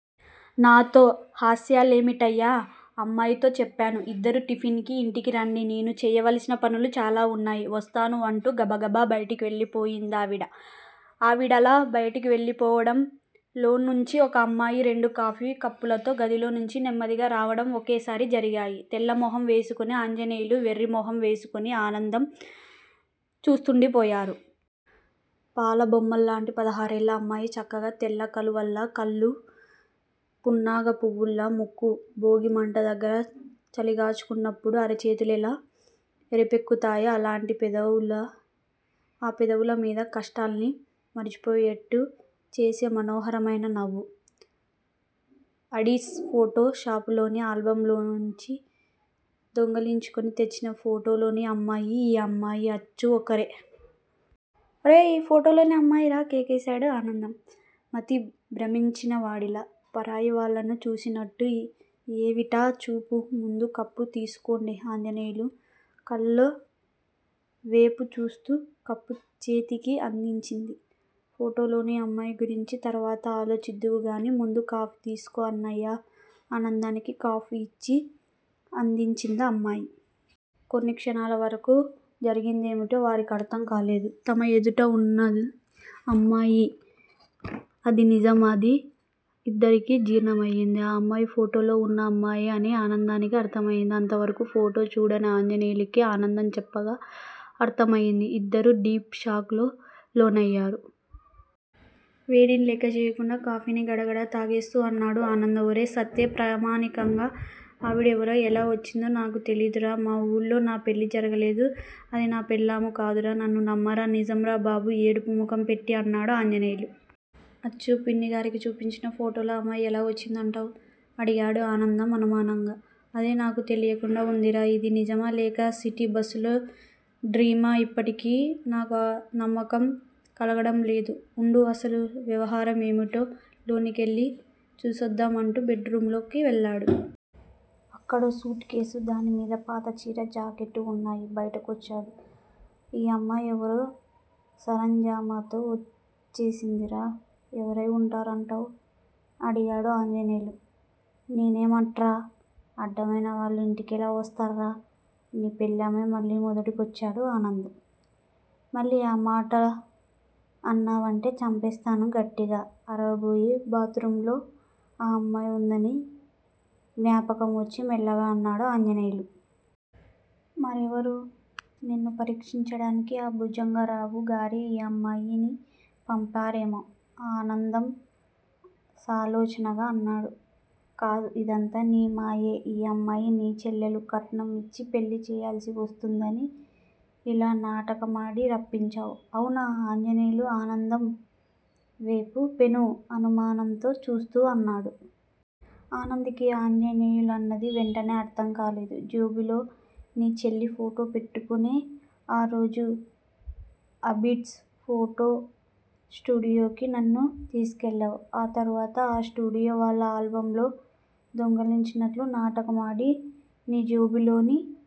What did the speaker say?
నాతో హాస్యాలేమిటయ్యా అమ్మాయితో చెప్పాను ఇద్దరూ టిఫిన్ కి ఇంటికి రండి నేను చెయ్యాల్సిన పనులు చాలా వున్నాయి. వస్తాను అంటూ గబగబా బయటికెళ్ళిపోయిందావిడ. ఆవిడలా బయటికెళ్ళిపోవడం, లోన్నించి ఓ అమ్మాయి రెండు కాఫీ కప్పులతో గదిలోకి నెమ్మదిగా రావడం ఒకేసారి జరిగాయి. తెల్లమొహం వేసుకుని ఆంజనేయులు, వెర్రిమొహం వేసుకుని ఆనందం చూస్తుండిపోయారు. పాల బొమ్మలాంటి పదహారేళ్ళ అమ్మాయి చక్కగా, తెల్ల కలువల్లా కళ్ళు పున్నాగ పువ్వులా ముక్కు భోగీ మంట దగ్గర చలికాగుతున్నపుడు అరచేతులెలా ఎరుపెక్కుతాయో అలాంటి పెదాలు ఆ పెదవుల మీద కష్టాల్ని మరిచిపోయేటట్టు చేసే మనోహరమైన నవ్వు. అబిడ్స్ ఫోటో షాపులోని ఆల్బమ్ లోంచి దొంగిలించుకుని తెచ్చిన ఫోటోలోని అమ్మాయి, ఈ అమ్మాయీ అచ్చు ఒక్కరే!! ఒరేయ్ ఫోటోలోని అమ్మాయిరా కేకేశాడు ఆనందం మతి భ్రమించినవాడిలా. పరాయి వాళ్ళను చూస్తున్నట్టు ఏవిటా చూపు ముందు కప్పు తీసుకోండి ఆంజనేయులు కళ్ళవేపు చూస్తూ కప్పు చేతికి అందించింది. ఫోటోలోని అమ్మాయి గురించి తర్వాత ఆలోచిద్దువుగాని, ముందు కాఫీ తీసుకో అన్నయ్యా ఆనందానికి కాఫీకప్పు అందించిందా అమ్మాయి. కొన్ని క్షణాలవరకూ జరిగిందేమిటో వారికర్ధం కాలేదు. తమ ఎదుట ఉన్నది అమ్మాయే అది నిజం ఇది ఇద్దరికీ జీర్ణమయింది. ఆ అమ్మాయి ఫోటోలో వున్న అమ్మాయే అని ఆనందానికి అర్ధమైంది. అంతవరకూ ఫోటో చూడని ఆంజనేయులికి ఆనందం చెప్పగా అర్ధమయింది. ఇద్దరూ డీప్ షాక్ కి లోనయ్యారు. వేడిని లెక్కచెయ్యకుండా కాఫీని గడగడా తాగేస్తూ అన్నాడు ఆనందం. ఒరేయ్ సత్తె ప్రమాణికంగా ఆవిడెవరో, ఎలా వచ్చిందో నాకూ తెలీదురా మా వూళ్ళో నా పెళ్ళీ జరగలేదు అది పెళ్ళామూ కాదురా నన్ను నమ్మరా నిజం రా బాబూ ఏడుపు ముఖం పెట్టి అన్నాడు ఆంజనేయులు. అచ్చు పిన్నిగారికి చూపించిన ఫోటోలో అమ్మాయే ఎలా వచ్చిందంటావ్? అడిగాడు ఆనందం అనుమానంగా. అదే నాకూ తెలీకుండా వుందిరా ఇది నిజమా లేక సిటీ బస్సులో డ్రీమా ఇప్పటికీ నాకు నమ్మకం కలగడంలేదు వుండు అసలు వ్యవహారం ఏంటో లోనికెళ్ళి చూసొద్దాం అంటూ బెడ్ రూంలో వేళ్ళాడు. అక్కడో సూట్ కేసు, దానిమీద పాత చీర, జాకెట్టు వున్నాయి. బయటికొచ్చాడు. ఈ అమ్మాయెవరో సరంజామాతో వచ్చేసిందిరా ఎవరై ఉంటారంటావ్? అడిగాడు ఆంజనేయులు. నేన్నమ్మన్రా అడ్డవైన వాళ్ళూ ఇంటికెలా వస్తార్రా నీ పెళ్ళామే మళ్ళీ మొదటికొచ్చాడు ఆనందం. మళ్ళీ ఆ మాటన్నావంటే చంపేస్తాను అని గట్టిగా అరవబోయి బాత్ రూమ్ లో ఆ అమ్మాయి ఉందని జ్ఞాపకం వచ్చి, మెల్లగా అన్నాడు ఆంజనేయులు. మరెవరు? నిన్ను పరీక్షించటానికి ఆ భుజంగరావు గారే ఈ అమ్మాయిని పంపారేమో?! ఆనందం సాలోచనగా అన్నాడు. కాదు ఇదంతా నీ మాయే ఈ అమ్మాయి నీ చెల్లెలు కట్నం ఇచ్చి పెళ్ళి చెయ్యాల్సి వస్తుందని ఇలా నాటకమాడి రప్పించావ్. అవునా? ఆంజనేయులు ఆనందంవేపు పెను అనుమానంతో చూస్తూ అన్నాడు. ఆనందంకి ఆంజనేయులన్నది వెంటనే అర్ధంకాలేదు. జేబులో నీ చెల్లెలి ఫోటో పెట్టుకొనే ఆ రోజు అబిడ్స్ ఫోటో స్టూడియోకి నన్ను తీసుకెళ్ళావ్. ఆ తరువాత ఆ స్టూడియో వాళ్ళ ఆల్బమ్ లో దొంగిలించినట్లు నాటకం ఆడి, నీ జేబులోని